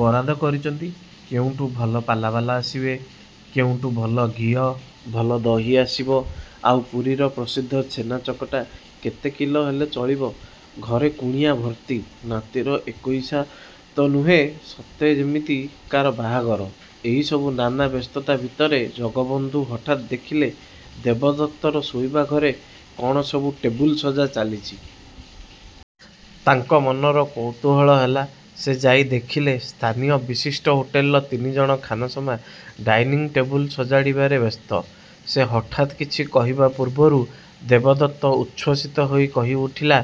ବରାଦ କରିଚନ୍ତି, କେଉଁଠୁ ଭଲ ପାଲାବାଲା ଆସିବେ, କେଉଁଠୁ ଭଲ ଘିଅ, ଭଲ ଦହି ଆସିବ! ଆଉ ପୁରୀର ପ୍ରସିଦ୍ଧ ଛେନା ଚକଟା, କେତେ କିଲୋ ହେଲେ ଚଳିବ? ଘରେ କୁଣିଆ ଭର୍ତ୍ତି। ନାତିର ଏକୋଇଶା ତ ନୁହେଁ ସତେ ଯେମିତି କା'ର ବାହାଘର। ଏଇସବୁ ନାନା ବ୍ୟସ୍ତତା ଭିତରେ ଜଗବନ୍ଧୁ ହଠାତ୍ ଦେଖିଲେ ଦେବଦତ୍ତର ଶୋଇବା ଘରେ କ'ଣ ସବୁ ଟେବୁଲ ସଜା ଚାଲିଚି। ତାଙ୍କ ମନର କୌତୂହଳ ହେଲା। ସେ ଯାଇ ଦେଖିଲେ ସ୍ଥାନୀୟ ବିଶିଷ୍ଟ ହୋଟେଲର ତିନି ଜଣ ଖାନସମା ଡାଇନିଂ ଟେବୁଲ ସଜାଡ଼ିବାରେ ବ୍ୟସ୍ତ। ସେ ହଠାତ୍ କିଛି କହିବା ପୂର୍ବରୁ ଦେବଦତ୍ତ ଉଚ୍ଛ୍ୱସିତ ହୋଇ କହି ଉଠିଲା,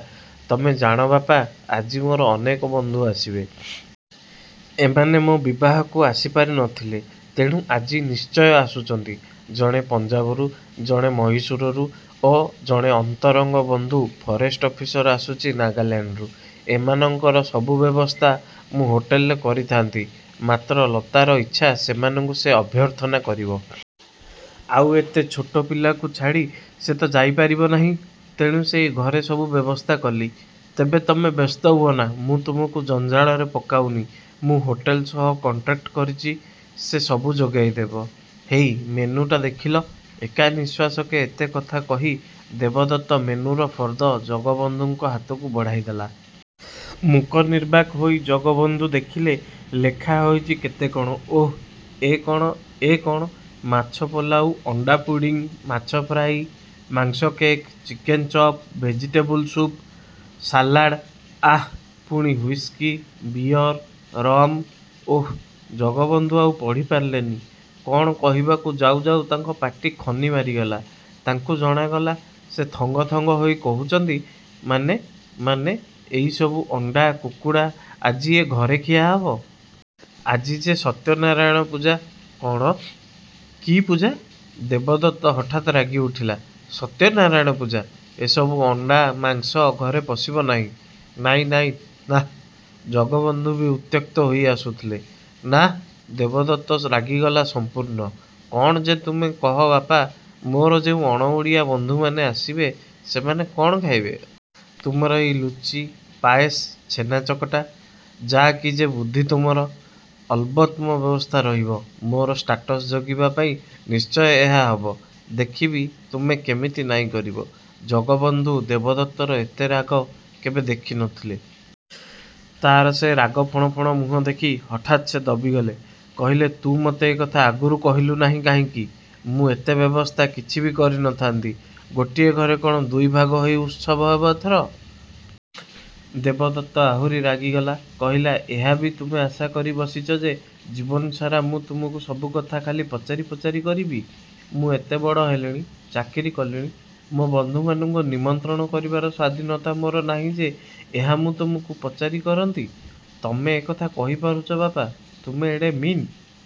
"ତମେ ଜାଣ ବାପା, ଆଜି ମୋର ଅନେକ ବନ୍ଧୁ ଆସିବେ। ଏମାନେ ମୋ' ବିବାହକୁ ଆସିପାରି ନ ଥିଲେ, ତେଣୁ ଆଜି ନିଶ୍ଚୟ ଆସୁଚନ୍ତି। ଜଣେ ପଞ୍ଜାବରୁ, ଜଣେ ମହୀଶୂରରୁ ଓ ଜଣେ ଅନ୍ତରଙ୍ଗ ବନ୍ଧୁ ଫରେଷ୍ଟ ଅଫିସର ଆସୁଚି ନାଗାଲାଣ୍ଡରୁ। ଏମାନଙ୍କର ସବୁ ବ୍ୟବସ୍ଥା ମୁଁ ହୋଟେଲରେ କରିଥାନ୍ତି। ମାତ୍ର ଲତାର ଇଚ୍ଛା, ସେମାନଙ୍କୁ ସେ ଅଭ୍ୟର୍ଥନା କରିବ। ଆଉ ଏତେ ଛୋଟ ପିଲାକୁ ଛାଡ଼ି ସେ ତ ଯାଇ ପାରିବ ନାହିଁ, ତେଣୁ ସେଇ ଘରେ ସବୁ ବ୍ୟବସ୍ଥା କଲି। ତେବେ ତମେ ବ୍ୟସ୍ତ ହୁଅନା, ମୁଁ ତମକୁ ଜଞ୍ଜାଳରେ ପକାଉନି। ମୁଁ ହୋଟେଲ ସହ କଣ୍ଟ୍ରାକ୍ଟ କରିଚି, ସେ ସବୁ ଯୋଗେଇଦବ। ହେଇ, ମେନୁଟା ଦେଖିଲ"ଏକା ନିଃଶ୍ୱାସକେ ଏତେ କଥା କହି ଦେବଦତ୍ତ ମେନୁର ଫର୍ଦ୍ଦ ଜଗବନ୍ଧୁଙ୍କ ହାତକୁ ବଢ଼ାଇଦେଲା। ମୂକ ନିର୍ବାକ୍ ହୋଇ ଜଗବନ୍ଧୁ ଦେଖିଲେ, ଲେଖା ହୋଇଚି କେତେ କ'ଣ ଓଃ ଏ କ'ଣ ଏ କ'ଣ ମାଛ ପଲାଉ, ଅଣ୍ଡାପୁଡ଼ିଂ, ମାଛ ଫ୍ରାଇ, ମାଂସ cake, chicken chop, vegetable soup, salad, ଆଃ ପୁଣି ହୁଇସ୍କି, ବିଅର, ରମ! ଓଃ ଜଗବନ୍ଧୁ ଆଉ ପଢ଼ି ପାରିଲେନି କଣ କହିବାକୁ ଯାଉ ଯାଉ ତାଙ୍କ ପାଟି ଖନି ମାରିଗଲା ତାଙ୍କୁ ଜଣାଗଲା, ସେ ଥଙ୍ଗଥଙ୍ଗ ହୋଇ କହୁଚନ୍ତି, "ମାନେ ମାନେ ଏଇସବୁ ଅଣ୍ଡା, କୁକୁଡ଼ା ଆଜି ଏ ଘରେ ଖିଆ ହବ? ଆଜି ଯେ, ସତ୍ୟନାରାୟଣ ପୂଜା" "କଅଣ? କି ପୂଜା?" ଦେବଦତ୍ତ ହଠାତ୍ ରାଗି ଉଠିଲା। "ସତ୍ୟନାରାୟଣ ପୂଜା! ଏସବୁ ଅଣ୍ଡା, ମାଂସ ଘରେ ପଶିବ ନାହିଁ। ନାଇଁ ନାଇଁ ନାଃ।" ଜଗବନ୍ଧୁ ବି ଉତ୍ତ୍ୟକ୍ତ ହୋଇ ଆସୁଥିଲେ। "ନାଃ?" ଦେବଦତ୍ତ ରାଗିଗଲା ସଂପୂର୍ଣ୍ଣ। "କ'ଣ ଯେ ତୁମେ କହ ବାପା ମୋର ଯେଉଁ ଅଣଓଡ଼ିଆ ବନ୍ଧୁ ମାନେ ଆସିବେ, ସେମାନେ କଅଣ ଖାଇବେ? ତୁମର ଏଇ ଲୁଚି, ପାଏସ୍, ଛେନାଚକଟା? ଯା କି ଯେ ବୁଦ୍ଧି ତୁମର! ଅଲବତ୍ ମୋ ବ୍ୟବସ୍ଥା ରହିବ। ମୋର ଷ୍ଟାଟସ ଜଗିବା ପାଇଁ, ନିଶ୍ଚୟ ଏହା ହେବ ଦେଖିବି, ତୁମେ କେମିତି ନାଇଁ କରିବ।" ଜଗବନ୍ଧୁ ଦେବଦତ୍ତର ଏତେ ରାଗ କେବେ ଦେଖି ନ ଥିଲେ। ତାର ସେ ରାଗ ଫଣ ଫଣ ମୁହଁ ଦେଖି ହଠାତ୍ ସେ ଦବିଗଲେ। କହିଲେ, "ତୁ ମତେ ଏ କଥା ଆଗରୁ କହିଲୁ ନାହିଁ କାହିଁକି? ମୁଁ ଏତେ ବ୍ୟବସ୍ଥା କିଛି ବି କରି ନ ଥାନ୍ତି। ଗୋଟିଏ ଘରେ କ'ଣ ଦୁଇ ଭାଗ ହୋଇ ଉତ୍ସବ ହେବ?"ଏଥର ଦେବଦତ୍ତ ଆହୁରି ରାଗିଗଲା କହିଲା, "ଏହା ବି ତୁମେ ଆଶା କରି ବସିଚ ଯେ ଜୀବନ ସାରା ମୁଁ ତୁମକୁ ସବୁକଥା ଖାଲି ପଚାରି ପଚାରି କରିବି? ମୁଁ ଏତେ ବଡ଼ ହେଲିଣି, ଚାକିରୀ କଲିଣି ମୋ ବନ୍ଧୁମାନଙ୍କୁ ନିମନ୍ତ୍ରଣ କରିବାର ସ୍ୱାଧୀନତା ମୋର ନାହିଁ ଯେ, ଏହା ମୁଁ ତୁମକୁ ପଚାରି କରନ୍ତି ତମେ ଏକଥା କହିପାରୁଚ ବାପା? ତୁମେ ଏଡ଼େ ମିନ୍।"